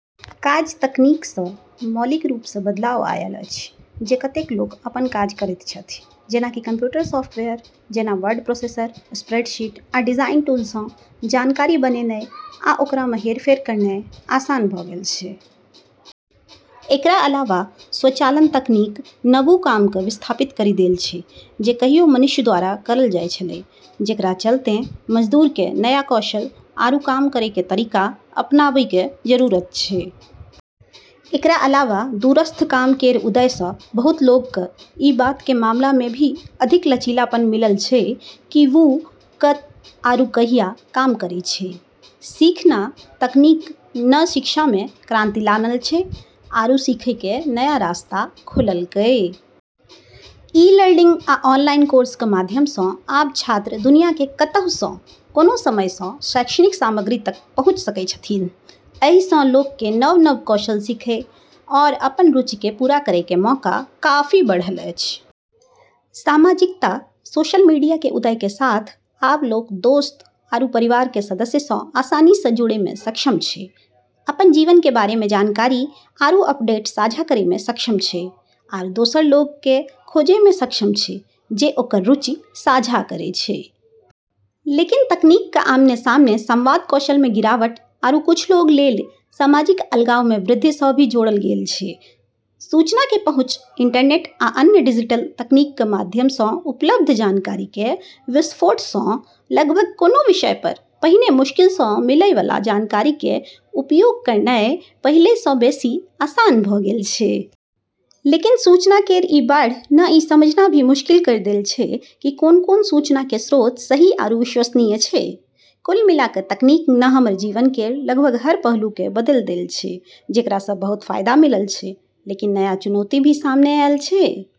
काज: तकनीक स मौलिक रूप स बदलाव आयल अछि जे कतेक लोक अपन काज करैत छथि। जेना कि कंप्यूटर सॉफ्टवेयर जेना वर्ड प्रोसेसर, स्प्रेडशीट, आ डिजाइन टूल सं जानकारी बनेनाय आ ओकरा मे हेरफेर करनाय आसान भ गेल छै। एकरा अलावा स्वचालन तकनीक न वू काम क विस्थापित करी देल छै जे कहियो मनुष्य द्वारा करल जाय छेलै, जेकरा चलतें मजदूर क नया कौशल आरू काम करै के तरीका अपनाबै के जरूरत छै। एकरा अलावा दूरस्थ काम केर उदय स बहुत लोग क ई बात के मामला मे भी अधिक लचीलापन मिलल छै कि वू कत आरू कहिया काम करै छै। सीखना: तकनीक न शिक्षा मे क्रांति लानल छै आरू सीखै के नया रास्ता खोललकै। ई-लर्निंग आ ऑनलाइन कोर्स के माध्यम सं आब छात्र दुनिया के कतहु सं, कोनो समय सं शैक्षणिक सामग्री तक पहुंच सकय छथिन्ह। एहि सं लोक के नव-नव कौशल सीखय आओर अपन रुचि के पूरा करय के मौका काफी बढ़ल अछि। सामाजिकता: सोशल मीडिया के उदय के साथ अब लोग दोस्त आरू परिवार के सदस्य स आसानी स जुड़ै मे सक्षम छै, अपन जीवन के बारे मे जानकारी आरू अपडेट साझा करै मे सक्षम छै, आरू दोसर लोग क खोजै मे सक्षम छै जे ओकर रुचि साझा करै छै। लेकिन तकनीक क आमने-सामने संवाद कौशल मे गिरावट आरू कुछ लोग लेली सामाजिक अलगाव मे वृद्धि स भी जोड़ल गेल छै। सूचना के पहुंच: इंटरनेट आ अन्य डिजिटल तकनीक के माध्यम सं उपलब्ध जानकारी के विस्फोट सं लगभग कोनों विषय पर पहिने मुश्किल सं मिलय वाला जानकारी के उपयोग करनाय पहिले सं बेसि आसान भ गेल छै। लेकिन सूचना केर ई बाढ़ न ई समझना भी मुश्किल करी देल छै कि कोन-कोन सूचना के स्रोत सही आरू विश्वसनीय छै। कुल मिला क तकनीक न हमर जीवन केर लगभग हर पहलू क बदली देल छै, जेकरा स बहुत फायदा मिलल छै, लेकिन नया चुनौती भी सामने ऐल छै।